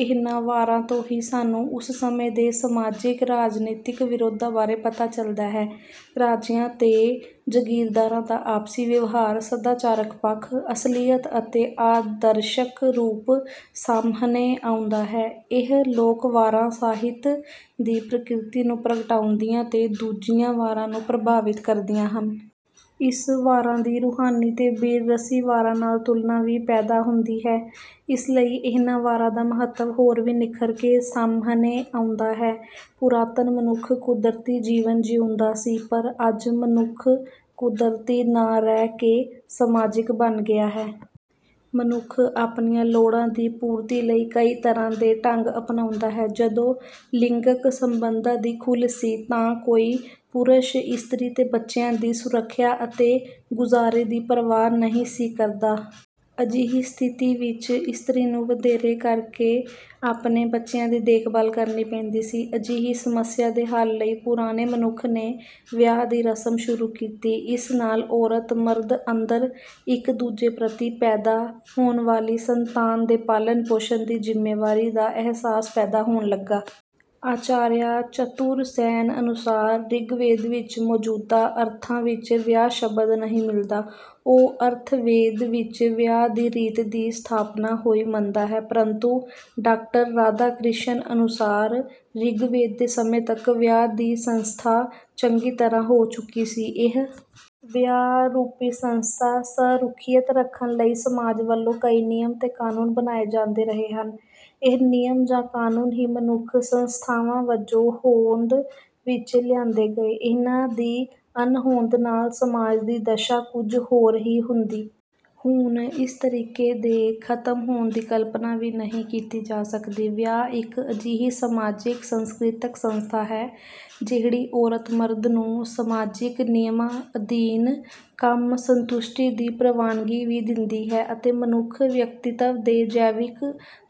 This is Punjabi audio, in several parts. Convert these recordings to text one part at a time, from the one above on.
ਇਹਨਾਂ ਵਾਰਾ ਤੋਂ ਹੀ ਸਾਨੂੰ ਉਸ ਸਮੇਂ ਦੇ ਸਮਾਜਿਕ, ਰਾਜਨੀਤਿਕ ਵਿਰੋਧਾ ਬਾਰੇ ਪਤਾ ਚੱਲਦਾ ਹੈ। ਰਾਜਿਆਂ ਤੇ ਜਗੀਰਦਾਰਾ ਦਾ ਆਪਸੀ ਵਿਵਹਾਰ, ਸਦਾਚਾਰਕ ਪੱਖ, ਅਸਲੀਅਤ ਅਤੇ ਆਦਰਸ਼ਕ ਰੂਪ ਸਾਮਹਣੇ ਆਉਂਦਾ ਹੈ। ਇਹ ਲੋਕ ਵਾਰਾ ਸਾਹਿਤ ਦੀ ਪ੍ਰਕਿਰਤੀ ਨੂੰ ਪ੍ਰਗਟਾਉਦੀਆਂ ਤੇ ਦੂਜੀਆਂ ਵਾਰਾਂ ਨੂੰ ਪ੍ਰਭਾਵਿਤ ਕਰਦੀਆਂ ਹਨ। ਇਸ ਵਾਰਾ ਦੀ ਰੂਹਾਨੀ ਤੇ ਬੀਰ ਰਸੀ ਵਾਰਾ ਨਾਲ ਤੁਲਨਾ ਵੀ ਪੈਦਾ ਹੰਦੀ ਹੈ। ਇਸ ਲਈ ਇਹਨਾਂ ਵਾਰਾਂ ਦਾ ਮਹੱਤਵ ਹੋਰ ਵੀ ਨਿਖਰਕੇ ਸਾਮਹਣੇ ਆਉਂਦਾ ਹੈ। ਪੁਰਾਤਨ ਮਨੁੱਖ ਕੁਦਰਤੀ ਜੀਵਨ ਜਿਉਂਦਾ ਸੀ ਪਰ, ਅੱਜ ਮਨੁੱਖ ਕੁਦਰਤੀ ਨਾ ਰਹਿ ਕੇ ਸਮਾਜਿਕ ਬਣ ਗਿਆ ਹੈ। ਮਨੁੱਖ ਆਪਣੀਆਂ ਲੋੜਾਂ ਦੀ ਪੂਰਤੀ ਲਈ ਕਈ ਤਰ੍ਹਾਂ ਦੇ ਢੰਗ ਅਪਣਾਉਂਦਾ ਹੈ। ਜਦੋਂ ਲਿੰਗਕ ਸੰਬੰਧਾਂ ਦੀ ਖੁੱਲ ਸੀ ਤਾਂ ਕੋਈ ਪੁਰਸ਼, ਇਸਤਰੀ ਤੇ ਬੱਚਿਆਂ ਦੀ ਸੁਰੱਖਿਆ ਅਤੇ ਗੁਜ਼ਾਰੇ ਦੀ ਪਰਵਾਹ ਨਹੀਂ ਸੀ ਕਰਦਾ। ਅਜਿਹੀ ਸਥਿਤੀ ਵਿੱਚ ਇਸਤਰੀ ਨੂੰ ਵਧੇਰੇ ਕਰ ਕੇ ਆਪਣੇ ਬੱਚਿਆਂ ਦੀ ਦੇਖਭਾਲ ਕਰਨੀ ਪੈਂਦੀ ਸੀ। ਅਜਿਹੀ ਸਮੱਸਿਆਂ ਦੇ ਹੱਲ ਲਈ ਪੁਰਾਣੇ ਮਨੁੱਖ ਨੇ ਵਿਆਹ ਦੀ ਰਸਮ ਸ਼ੁਰੂ ਕੀਤੀ। ਇਸ ਨਾਲ ਔਰਤ-ਮਰਦ ਅੰਦਰ ਇੱਕ-ਦੁਜੇ ਪ੍ਰਤੀ ਪੈਦਾ ਹੋਣ ਵਾਲੀ ਸੰਤਾਨ ਦੇ ਪਾਲਣ-ਪੋਸ਼ਣ ਦੀ ਜ਼ਿੰਮੇਵਾਰੀ ਦਾ ਅਹਿਸਾਸ ਪੈਦਾ ਹੋਣ ਲੱਗਾ। ਆਚਾਰੀਆ ਚਤੁਰਸੈਨ ਅਨੁਸਾਰ 'ਰਿਗਵੇਦ ਵਿੱਚ ਮੌਜੂਦਾ ਅਰਥਾਂ ਵਿੱਚ ਵਿਆਹ ਸ਼ਬਦ ਨਹੀਂ ਮਿਲਦਾ', ਉਹ ਅਥਰਵਵੇਦ ਵਿੱਚ ਵਿਆਹ ਦੀ ਰੀਤ ਦੀ ਸਥਾਪਨਾ ਹੋਈ ਮੰਨਦਾ ਹੈ। ਪਰੰਤੂ ਡਾਕਟਰ ਰਾਧਾ ਕ੍ਰਿਸ਼ਨ ਅਨੁਸਾਰ "ਰਿਗਵੇਦ ਦੇ ਸਮੇਂ ਤੱਕ ਵਿਆਹ ਦੀ ਸੰਸਥਾ ਚੰਗੀ ਤਰ੍ਹਾਂ ਹੋ ਚੁੱਕੀ ਸੀ"।ਇਹ ਵਿਆਹ ਰੂਪੀ ਸੰਸਥਾ ਸਰੁੱਖਿਅਤ ਰੱਖਣ ਲਈ ਸਮਾਜ ਵੱਲੋਂ ਕਈ ਨਿਯਮ ਤੇ ਕਾਨੂੰਨ ਬਣਾਏ ਜਾਂਦੇ ਰਹੇ ਹਨ। ਇਹ ਨਿਯਮ ਜਾਂ ਕਾਨੂੰਨ ਹੀ ਮਨੁੱਖ ਸੰਸਥਾਵਾਂ ਵਜੋਂ ਹੋਂਦ ਵਿੱਚ ਲਿਆਂਦੇ ਗਏ। ਇਨ੍ਹਾਂ ਦੀ ਅਣਹੋਂਦ ਨਾਲ ਸਮਾਜ ਦੀ ਦਸ਼ਾ ਕੁਝ ਹੋਰ ਹੀ ਹੁੰਦੀ। ਹੁਣ ਇਸ ਤਰੀਕੇ ਦੇ ਖ਼ਤਮ ਹੋਣ ਦੀ ਕਲਪਨਾ ਵੀ ਨਹੀਂ ਕੀਤੀ ਜਾ ਸਕਦੀ। ਵਿਆਹ ਇੱਕ ਅਜਿਹੀ ਸਮਾਜਿਕ, ਸੰਸਕ੍ਰਿਤਕ ਸੰਸਥਾ ਹੈ ਜਿਹੜੀ ਔਰਤ-ਮਰਦ ਨੂੰ ਸਮਾਜਿਕ ਨਿਯਮਾਂ ਅਧੀਨ ਕੰਮ ਸੰਤੁਸ਼ਟੀ ਦੀ ਪ੍ਰਵਾਨਗੀ ਵੀ ਦਿੰਦੀ ਹੈ ਅਤੇ ਮਨੁੱਖ ਵਿਅਕਤੀਤਵ ਦੇ ਜੈਵਿਕ,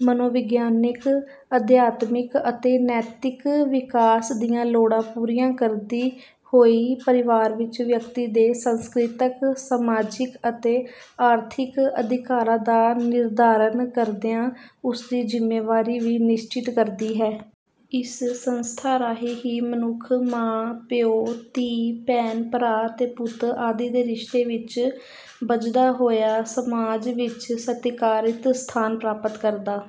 ਮਨੋਵਿਗਿਆਨਿਕ, ਅਧਿਆਤਮਿਕ ਅਤੇ ਨੈਤਿਕ ਵਿਕਾਸ ਦੀਆਂ ਲੋੜਾਂ ਪੂਰੀਆਂ ਕਰਦੀ ਹੋਈ ਪਰਿਵਾਰ ਵਿੱਚ ਵਿਅਕਤੀ ਦੇ ਸੰਸਕ੍ਰਿਤਿਕ, ਸਮਾਜਿਕ ਅਤੇ ਆਰਥਿਕ ਅਧਿਕਾਰਾਂ ਦਾ ਨਿਰਧਾਰਨ ਕਰਦਿਆਂ ਉਸ ਦੀ ਜ਼ਿੰਮੇਵਾਰੀ ਵੀ ਨਿਸ਼ਚਿਤ ਕਰਦੀ ਹੈ। ਇਸ ਸੰਸਥਾਂ ਰਾਹੀਂ ਹੀ ਮਨੁੱਖ ਮਾਂ, ਪਿਉ, ਧੀ, ਭੈਣ, ਭਰਾ ਅਤੇ ਪੁੱਤ ਆਦਿ ਦੇ ਰਿਸ਼ਤੇ ਵਿੱਚ ਬੱਝਦਾ ਹੋਇਆ ਸਮਾਜ ਵਿੱਚ ਸਤਿਕਾਰਿਤ ਸਥਾਨ ਪ੍ਰਾਪਤ ਕਰਦਾ